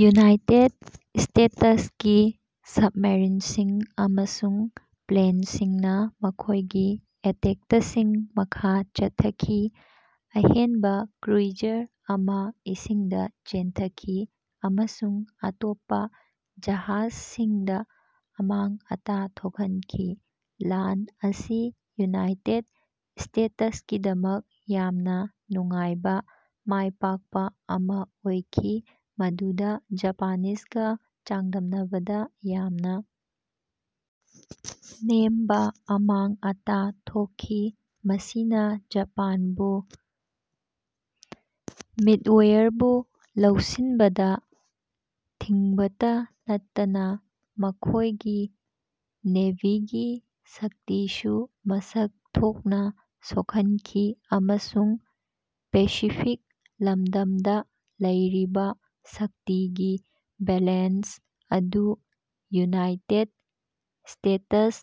United ꯁ꯭ꯇꯦꯇꯁꯀꯤ ꯁꯕꯃꯦꯔꯤꯟꯁꯤꯡ ꯑꯃꯁꯨꯡ ꯄ꯭ꯂꯦꯟꯁꯤꯡꯅ ꯃꯈꯣꯏꯒꯤ ꯑꯦꯇꯦꯛꯇꯁꯤꯡ ꯃꯈꯥ ꯆꯠꯊꯈꯤ, ꯑꯍꯦꯟꯕ ꯀ꯭ꯔꯨꯏꯖꯔ ꯑꯃ ꯏꯁꯤꯡꯗ ꯆꯦꯟꯊꯈꯤ ꯑꯃꯁꯨꯡ ꯑꯇꯣꯞꯄ ꯖꯍꯥꯖꯁꯤꯡꯗ ꯑꯃꯥꯡ ꯑꯇꯥ ꯊꯣꯛꯍꯟꯈꯤ꯫ ꯂꯥꯟ ꯑꯁꯤ ꯌꯨꯅꯥꯏꯇꯦꯗ ꯁ꯭ꯇꯦꯇꯁꯀꯤꯗꯃꯛ ꯌꯥꯝꯅ ꯅꯨꯡꯉꯥꯏꯕ ꯃꯥꯏꯄꯥꯛꯄ ꯑꯃ ꯑꯣꯏꯈꯤ, ꯃꯗꯨꯗ ꯖꯄꯥꯅꯤꯖꯒ ꯆꯥꯡꯗꯝꯅꯕꯗ ꯌꯥꯝꯅ ꯅꯦꯝꯕ ꯑꯃꯥꯡ ꯑꯇꯥ ꯊꯣꯛꯈꯤ꯫ ꯃꯁꯤꯅ ꯖꯄꯥꯟꯕꯨ ꯃꯤꯗꯋꯦꯌꯔꯕꯨ ꯂꯧꯁꯤꯟꯕꯗ ꯊꯤꯡꯕꯇ ꯅꯠꯇꯅ ꯃꯈꯣꯏꯒꯤ ꯅꯦꯚꯤꯒꯤ ꯁꯛꯇꯤꯁꯨ ꯃꯁꯛ ꯊꯣꯛꯅ ꯁꯣꯛꯍꯟꯈꯤ ꯑꯃꯁꯨꯡ ꯄꯦꯁꯤꯐꯤꯛ ꯂꯝꯗꯝꯗ ꯂꯩꯔꯤꯕ ꯁꯛꯇꯤꯒꯤ ꯕꯦꯂꯦꯟꯁ ꯑꯗꯨ ꯌꯨꯅꯥꯏꯇꯦꯗ ꯁ꯭ꯇꯦꯇꯁ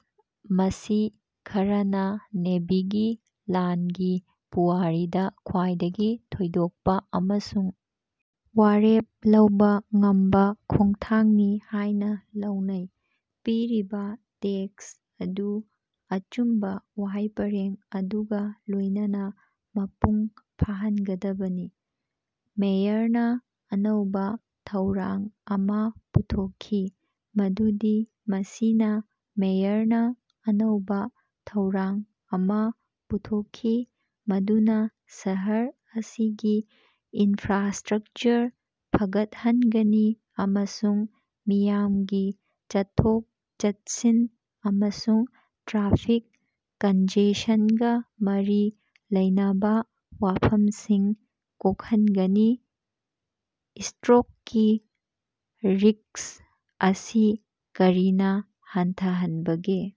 ꯃꯁꯤ ꯈꯔꯅꯥꯥ ꯅꯦꯚꯤꯒꯤ ꯂꯥꯟꯒꯤ ꯄꯨꯋꯥꯔꯤꯗ ꯈ꯭ꯋꯥꯏꯗꯒꯤ ꯊꯣꯏꯗꯣꯛꯄ ꯑꯃꯁꯨꯡ ꯋꯥꯔꯦꯞ ꯂꯧꯕ ꯉꯝꯕ ꯈꯣꯡꯊꯥꯡꯅꯤ ꯍꯥꯏꯅ ꯂꯧꯅꯩ꯫ ꯄꯤꯔꯤꯕ ꯇꯦꯛꯁ ꯑꯗꯨ ꯑꯆꯨꯝꯕ ꯋꯥꯍꯩ ꯄꯔꯦꯡ ꯑꯗꯨꯒ ꯂꯣꯏꯅꯅ ꯃꯄꯨꯡ ꯐꯥꯍꯟꯒꯗꯕꯅꯤ꯫ ꯃꯦꯌꯔꯅꯥ ꯑꯅꯧꯕ ꯊꯧꯔꯥꯡ ꯑꯃ ꯄꯨꯊꯣꯛꯈꯤ ꯃꯗꯨꯗꯤ ꯃꯁꯤꯅ ꯃꯦꯌꯔꯅꯥ ꯑꯅꯧꯕ ꯊꯧꯔꯥꯡ ꯑꯃ ꯄꯨꯊꯣꯛꯈꯤ ꯃꯗꯨꯅ ꯁꯍꯔ ꯑꯁꯤꯒꯤ ꯏꯟꯐ꯭ꯔꯥꯁ꯭ꯇꯔꯛꯆꯔ ꯐꯒꯠꯍꯟꯒꯅꯤ ꯑꯃꯁꯨꯡ ꯃꯤꯌꯥꯝꯒꯤ ꯆꯠꯊꯣꯛ-ꯆꯠꯁꯤꯟ ꯑꯃꯁꯨꯡ ꯇ꯭ꯔꯥꯐꯤꯛ ꯀꯟꯖꯦꯁꯟꯒ ꯃꯔꯤ ꯂꯩꯅꯕ ꯋꯥꯐꯝꯁꯤꯡ ꯀꯣꯛꯍꯟꯒꯅꯤ꯫ ꯁ꯭ꯇꯔꯣꯛꯀꯤ ꯔꯤꯁ꯭ꯛ ꯑꯁꯤ ꯀꯔꯤꯅ ꯍꯟꯊꯍꯟꯕꯒꯦ?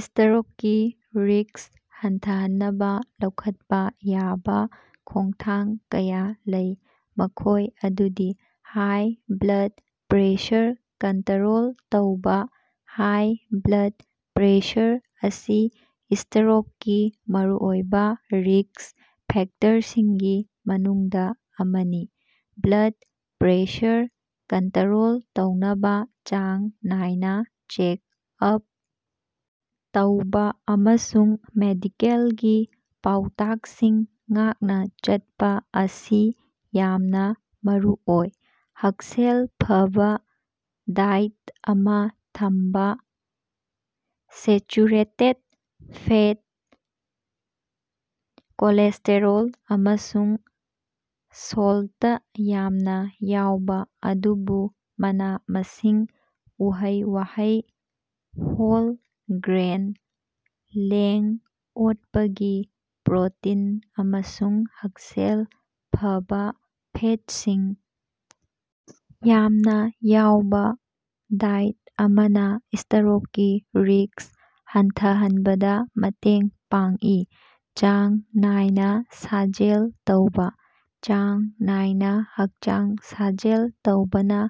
ꯁ꯭ꯇꯔꯣꯛꯀꯤ ꯔꯤꯁ꯭ꯛ ꯍꯟꯊꯍꯟꯅꯕ ꯂꯧꯈꯠꯄ ꯌꯥꯕ ꯈꯣꯡꯊꯥꯡ ꯀꯌꯥ ꯂꯩ, ꯃꯈꯣꯏ ꯑꯗꯨꯗꯤ - ꯍꯥꯏ ꯕ꯭꯭ꯂꯗ ꯄ꯭ꯔꯦꯁꯔ ꯀꯟꯇꯔꯣꯜ ꯇꯧꯕꯥ‌ ,ꯍꯥꯏ ꯕ꯭꯭ꯂꯗ ꯄ꯭ꯔꯦꯁꯔ ꯑꯁꯤ ꯁ꯭ꯇꯔꯣꯛꯀꯤ ꯃꯔꯨꯑꯣꯏꯕ ꯔꯤꯁ꯭ꯛ ꯐꯦꯛꯇꯔꯁꯤꯡꯒꯤ ꯃꯅꯨꯡꯗ ꯑꯃꯅꯤ꯫ ꯕ꯭ꯂꯗ ꯄ꯭ꯔꯦꯁꯔ ꯀꯟꯇꯔꯣꯜ ꯇꯧꯅꯕ‌ ꯆꯥꯡ ꯅꯥꯏꯅ ꯆꯦꯛ-ꯑꯞ ꯇꯧꯕ ꯑꯃꯁꯨꯡ ꯃꯦꯗꯤꯀꯦꯜꯒꯤ ꯄꯥꯎꯇꯥꯛꯁꯤꯡ ꯉꯥꯛꯅ ꯆꯠꯄ ꯑꯁꯤ ꯌꯥꯝꯅ ꯃꯔꯨꯑꯣꯏ꯫ ꯍꯛꯁꯦꯜ ꯐꯕ ꯗꯥꯏꯠ ꯑꯃ ꯊꯝꯕ - ꯁꯦꯆꯨꯔꯦꯇꯦꯗ ꯐꯦꯠ, ꯀꯣꯂꯦꯁ꯭ꯇꯦꯔꯣꯜ ꯑꯃꯁꯨꯡ ꯁꯣꯜꯇ ꯌꯥꯝꯅ ꯌꯥꯎꯕ, ꯑꯗꯨꯕꯨ ꯃꯅꯥ-ꯃꯁꯤꯡ, ꯎꯍꯩ-ꯋꯥꯍꯩ, ꯍꯣꯜ ꯒ꯭ꯔꯦꯟ, ꯂꯦꯡ-ꯑꯣꯠꯄꯒꯤ ꯄ꯭ꯔꯣꯇꯤꯟ ꯑꯃꯁꯨꯡ ꯍꯛꯁꯦꯜ ꯐꯕꯥ ꯐꯦꯠꯁꯤꯡ ꯌꯥꯝꯅ ꯌꯥꯎꯕ ꯗꯥꯏꯠ ꯑꯃꯅ ꯁ꯭ꯇꯔꯣꯛꯀꯤ ꯔꯤꯁ꯭ꯛ ꯍꯟꯊꯍꯟꯕꯗꯥ ꯃꯇꯦꯡ ꯄꯥꯡꯏ꯫ ꯆꯥꯡ ꯅꯥꯏꯅ ꯁꯥꯖꯦꯜ ꯇꯧꯕ - ꯆꯥꯡ ꯅꯥꯏꯅ ꯍꯛꯆꯥꯡ ꯁꯥꯖꯦꯜ ꯇꯧꯕꯅ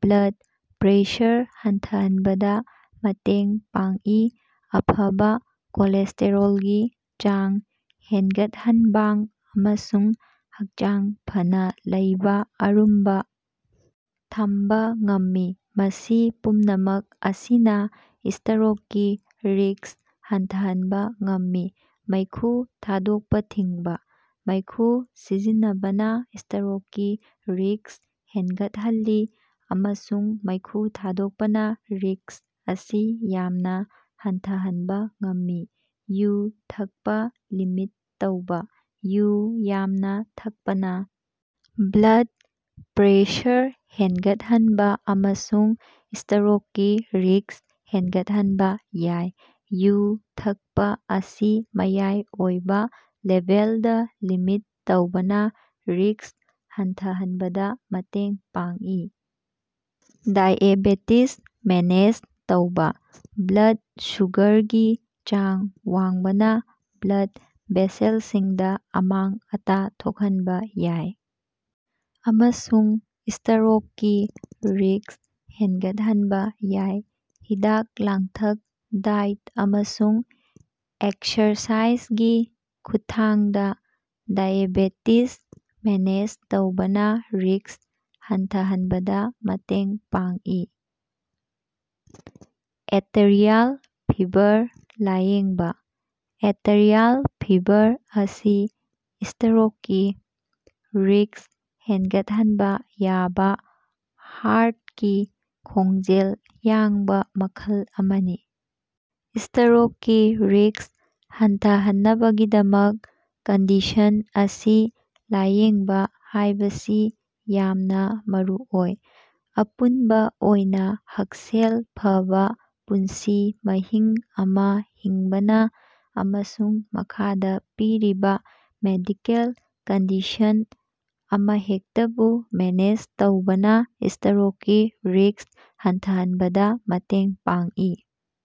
ꯕ꯭ꯂꯗ ꯄ꯭ꯔꯦꯁꯔ ꯍꯟꯊꯍꯟꯕꯗ ꯃꯇꯦꯡ ꯄꯥꯡꯏ, ꯑꯐꯕ ꯀꯣꯂꯦꯁ꯭ꯇꯦꯔꯣꯜꯒꯤ ꯆꯥꯡ ꯍꯦꯟꯒꯠꯍꯟꯕꯥꯡ ꯑꯃꯁꯨꯡ ꯍꯛꯆꯥꯡ ꯐꯅꯥ ꯂꯩꯕ ꯑꯔꯨꯝꯕ ꯊꯝꯕ ꯉꯝꯃꯤ, ꯃꯁꯤ ꯄꯨꯝꯅꯃꯛ ꯑꯁꯤꯅ ꯁ꯭ꯇꯔꯣꯛꯀꯤ ꯔꯤꯁ꯭ꯛ ꯍꯟꯊꯍꯟꯕ ꯉꯝꯃꯤ꯫ ꯃꯩꯈꯨ ꯊꯥꯗꯣꯛꯄꯥꯊꯤꯡꯕ - ꯃꯩꯈꯨ ꯁꯤꯖꯤꯟꯅꯕꯅ ꯁ꯭ꯇꯔꯣꯛꯀꯤ ꯔꯤꯁ꯭ꯛ ꯍꯦꯟꯒꯠꯍꯜꯂꯤ, ꯑꯃꯁꯨꯡ ꯃꯩꯈꯨ ꯊꯥꯗꯣꯛꯄꯅ ꯔꯤꯁ꯭ꯛ ꯑꯁꯤ ꯌꯥꯝꯅ ꯍꯟꯊꯍꯟꯕ ꯉꯝꯃꯤ꯫ ꯌꯨ ꯊꯛꯄ ꯂꯤꯃꯤꯠ ꯇꯧꯕ - ꯌꯨ ꯌꯥꯝꯅ ꯊꯛꯄꯅ ꯕ꯭ꯂꯗ ꯄ꯭ꯔꯦꯁꯔ ꯍꯦꯟꯒꯠꯍꯟꯕ ꯑꯃꯁꯨꯡ ꯁ꯭ꯇꯔꯣꯛꯀꯤ ꯔꯤꯁ꯭ꯛ ꯍꯦꯟꯒꯠꯍꯟꯕ ꯌꯥꯏ꯫ ꯌꯨ ꯊꯛꯄ ꯑꯁꯤ ꯃꯌꯥꯏ ꯑꯣꯏꯕ ꯂꯦꯚꯦꯜꯗ ꯂꯤꯃꯤꯠ ꯇꯧꯕꯅ ꯔꯤꯁ꯭ꯛ ꯍꯟꯊꯍꯟꯕꯗ ꯃꯇꯦꯡ ꯄꯥꯡꯏ꯫ ꯗꯥꯏꯑꯦꯕꯦꯇꯤꯖ ꯃꯦꯅꯦꯖ ꯇꯧꯕ - ꯕ꯭ꯂꯗ ꯁꯨꯒꯔꯒꯤ ꯆꯥꯡ ꯋꯥꯡꯕꯅ ꯕ꯭ꯂꯗ ꯚꯦꯁꯦꯜꯁꯤꯡꯗ ꯑꯃꯥꯡ-ꯑꯇꯥ ꯊꯣꯛꯍꯟꯕ‌ ꯌꯥꯏ ꯑꯃꯁꯨꯡ ꯁ꯭ꯇꯔꯣꯛꯀꯤ ꯔꯤꯁ꯭ꯛ ꯍꯦꯟꯒꯠꯍꯟꯕ ꯌꯥꯏ꯫ ꯍꯤꯗꯥꯛ-ꯂꯥꯡꯊꯛ, ꯗꯥꯏꯠ ꯑꯃꯁꯨꯡ ꯑꯦꯛꯁꯔꯁꯥꯏꯖꯒꯤ ꯈꯨꯠꯊꯥꯡꯗ ꯗꯥꯏꯑꯦꯕꯦꯇꯤꯖ ꯃꯦꯅꯦꯖ ꯇꯧꯕꯅ ꯔꯤꯁ꯭ꯛ ꯍꯟꯊꯍꯟꯕꯗ ꯃꯇꯦꯡ ꯄꯥꯡꯏ꯫ ꯑꯦꯇꯔꯤꯌꯥꯜ ꯐꯤꯕꯔ ꯂꯥꯌꯦꯡꯕ - ꯑꯦꯇꯔꯤꯌꯥꯜ ꯐꯤꯕꯔ ꯑꯁꯤ ꯁ꯭ꯇꯔꯣꯛꯀꯤ ꯔꯤꯁ꯭ꯛ ꯍꯦꯟꯒꯠꯍꯟꯕ ꯌꯥꯕ ꯍꯥꯔꯠꯀꯤ ꯈꯣꯡꯖꯦꯜ ꯌꯥꯡꯕ ꯃꯈꯜ ꯑꯃꯅꯤ꯫ ꯁ꯭ꯇꯔꯣꯛꯀꯤ ꯔꯤꯁ꯭ꯛ ꯍꯟꯊꯍꯟꯅꯕꯒꯤꯗꯃꯛ ꯀꯟꯗꯤꯁꯟ ꯑꯁꯤ ꯂꯥꯏꯌꯦꯡꯕ ꯍꯥꯏꯕꯁꯤ ꯌꯥꯝꯅ‌ ꯃꯔꯨꯑꯣꯏ꯫ ꯑꯄꯨꯟꯕ ꯑꯣꯏꯅ, ꯍꯛꯁꯦꯜ ꯐꯕꯥ ꯄꯨꯟꯁꯤ ꯃꯍꯤꯡ ꯑꯃ ꯍꯤꯡꯕꯅ ꯑꯃꯁꯨꯡ ꯃꯈꯥꯗ ꯄꯤꯔꯤꯕ ꯃꯦꯗꯤꯀꯦꯜ ꯀꯟꯗꯤꯁꯟ ꯑꯃꯍꯦꯛꯇꯕꯨ ꯃꯦꯅꯦꯖ ꯇꯧꯕꯅ ꯁ꯭ꯇꯔꯣꯛꯀꯤ ꯔꯤꯁ꯭ꯛ ꯍꯟꯊꯍꯟꯕꯗ‌ ꯃꯇꯦꯡ ꯄꯥꯡꯏ꯫